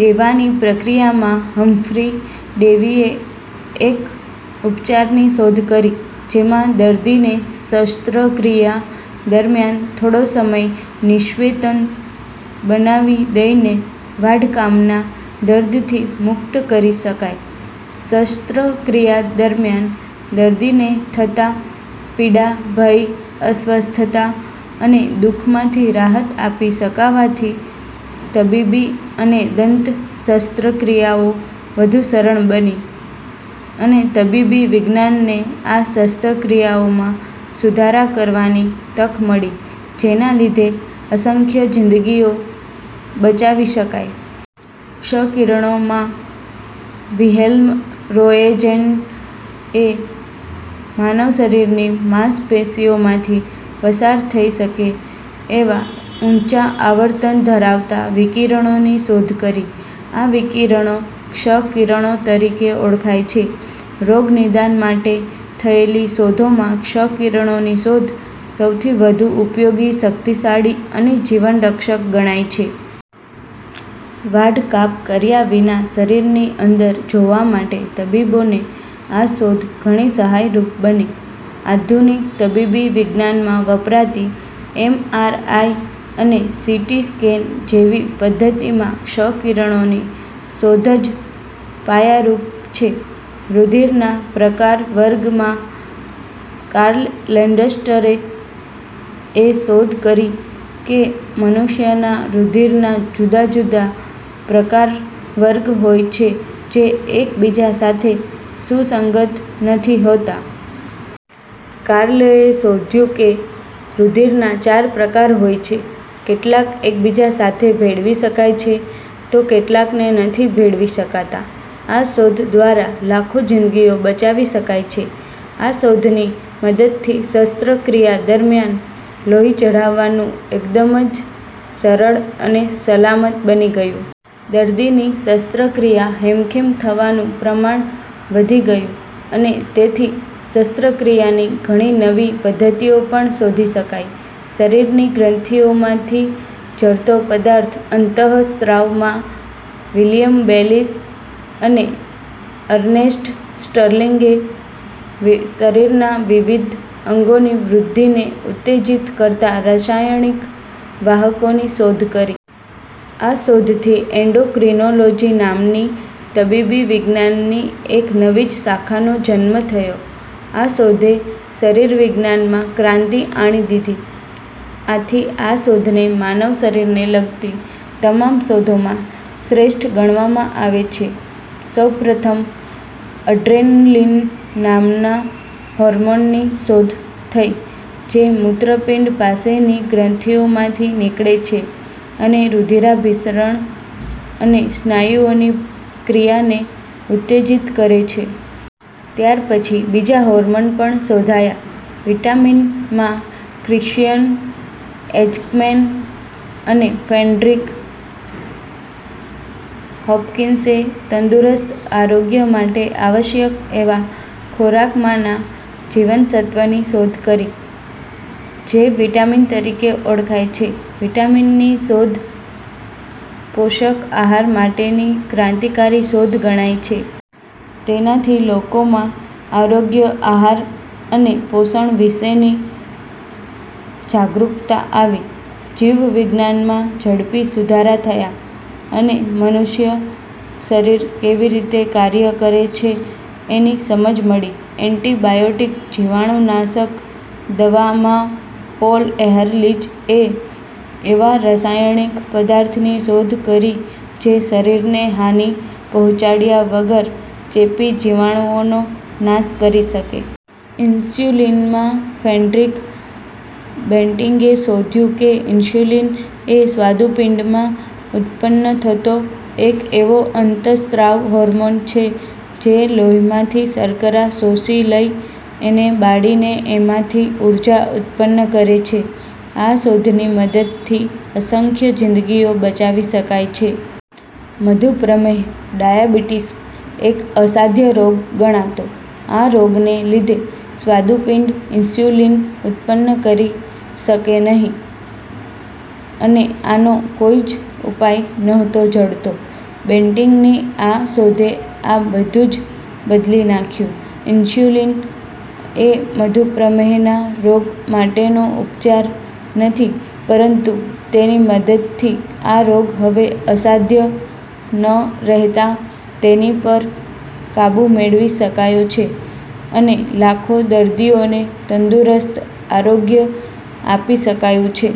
દેવાની પ્રક્રિયા માં હમ્ફ્રી ડેવીએ એક ઉપચારની શોધ કરી જેમાં દર્દીને શસ્ત્રક્રિયા દરમ્યાન થોડો સમય નિશ્ચેતન બનાવી દઈને વાઢકાપના દર્દથી મુક્ત કરી શકાય. શસ્ત્રક્રિયા દરમ્યાન દર્દીને થતા પીડા, ભય, અસ્વસ્થતા અને દુઃખમાંથી રાહત આપી શકાવાથી તબીબી અને દંત શસ્ત્રક્રિયાઓ વધુ સરળ બની અને તબીબી વિજ્ઞાનને આ શસ્ત્રક્રિયાઓમાં સુધારા કરવાની તક મળી જેના લીધે અસંખ્ય જીન્દગીઓ બચાવી શકાઈ. ક્ષ કિરણો માં વિહેલ્મ રોએન્ટજેનએ માનવશરીરની માંસપેશીઓમાંથી પસાર થઇ શકે તેવા ઊંચા આવર્તન ધરાવતા વિકિરણોની શોધ કરી. આ વિકિરણો ક્ષ કિરણો તરીકે ઓળખાય છે. રોગ નિદાન માટે થયેલી શોધોમાં ક્ષ કિરણોની શોધ સૌથી વધુ ઉપયોગી, શક્તિશાળી અને જીવનરક્ષક ગણાય છે. વાઢકાપ કર્યા વિના શરીરની અંદર જોવા માટે તબીબોને આ શોધ ઘણી સહાયરૂપ બની. આધુનિક તબીબી વિજ્ઞાનમાં વપરાતી એમ. આર. આઈ. અને સી. ટી. સ્કેન જેવી પધ્ધતિમાં ક્ષ કિરણોની શોધ જ પાયારૂપ છે. રુધિરના પ્રકાર-વર્ગ માં કાર્લ લેન્ડસ્ટેનરએ શોધ કરી કે મનુષ્યના રુધિરના જુદા જુદા પ્રકાર-વર્ગ હોય છે જે એકબીજા સાથે સુસંગત નથી હોતા. કાર્લએ શોધ્યું કે રુધિરના ચાર પ્રકાર હોય છે. કેટલાક એકબીજા સાથે ભેળવી શકાય છે તો કેટલાકને નથી ભેળવી શકાતા. આ શોધ દ્વારા લાખો જીન્દગીઓ બચાવી શકાઇ છે. આ શોધની મદદથી શસ્ત્રક્રિયા દરમ્યાન લોહી ચઢાવવાનું એકદમ જ સરળ અને સલામત બની ગયું. દર્દીની શસ્ત્રક્રિયા હેમખેમ થવાનું પ્રમાણ વધી ગયું અને તેથી શસ્ત્રક્રિયાની ઘણી નવી પદ્ધતિઓ પણ શોધી શકાઇ. શરીરની ગ્રંથીઓમાંથી ઝરતો પદાર્થ અંત:સ્ત્રાવ માં વિલિયમ બેલિસ અને અર્નેસ્ટ સ્ટર્લીંગએ શરીરના વિવિધ અંગોની વૃદ્ધિને ઉત્તેજિત કરતા રસાયણિક વાહકોની શોધ કરી. આ શોધથી એન્ડોક્રીનોલોજી નામની તબીબી વિજ્ઞાનની એક નવી જ શાખાનો જન્મ થયો. આ શોધે શરીરવિજ્ઞાનમાં ક્રાંતિ આણી દીધી. આથી આ શોધને માનવ શરીરને લગતી તમામ શોધોમાં શ્રેષ્ઠ ગણવામાં આવે છે. સૌપ્રથમ અડ્રેનલીન નામના હોર્મોનની શોધ થઇ જે મૂત્રપિંડ પાસેની ગ્રંથિમાંથી નીકળે છે અને રુધિરાભિસરણ અને સ્નાયુની ક્રિયાને ઉત્તેજિત કરે છે. ત્યાર પછી બીજા હોર્મોન પણ શોધાયા. વિટામીન માં ક્રિશ્ચયન એજક્મેન અને ફ્રેડરિક હોપકિન્સએ તંદુરસ્ત આરોગ્ય માટે આવશ્યક એવા ખોરાકમાંના જીવનસત્વની શોધ કરી. જે વિટામીન તરીકે ઓળખાય છે. વિટામીનની શોધ પોષક આહાર માટેની ક્રાંતિકારી શોધ ગણાય છે. તેનાથી લોકોમાં આરોગ્ય, આહાર અને પોષણ વિષેની જાગૃક્તા આવી. જીવવિજ્ઞાનમાં ઝડપી સુધારા થયા અને મનુષ્ય શરીર કેવી રીતે કાર્ય કરે છે એની સમજ મળી. એન્ટિબાયોટિક જીવાણુનાશક દવા માં પોલ એહરલીચએ એવા રસાયણિક પદાર્થની શોધ કરી જે શરીરને હાની પહોંચાડ્યા વગર ચેપી જીવાણુઓનો નાશ કરી શકે. ઇન્સ્યુલિન માં ફ્રેડરિક બેન્ટીંગએ શોધ્યું કે ઇન્સ્યુલિન એ સ્વાદુપિંડમાં ઉત્તપન્ન થતો એક એવો અંતસ્ત્રાવ હોર્મોન છે જે લોહીમાંથી શર્કરા શોષી લઇ, એને બાળીને એમાંથી ઊર્જા ઉત્તપન્ન કરે છે. આ શોધની મદદથી અસંખ્ય જીન્દગીઓ બચાવી શકાઇ છે. મધુપ્રમેહ-ડાયાબીટીસ એક અસાધ્ય રોગ ગણાતો. આ રોગને લીધે સ્વાદુપિંડ ઇન્સ્યુલિન ઉત્તપન્ન કરી શકે નહીં અને આનો કોઈ જ ઉપાય નહોતો જડતો. બેન્ટીંગની આ શોધે આ બધું જ બદલી નાંખ્યું. ઇન્સ્યુલિન એ મધુપ્રમેહના રોગ માટેનો ઉપચાર નથી પરંતુ તેની મદદથી આ રોગ હવે અસાધ્ય ન રહેતાં તેની પર કાબુ મેળવી શકાયો છે અને લાખો દર્દીઓને તંદુરસ્ત આરોગ્ય આપી શકાયું છે.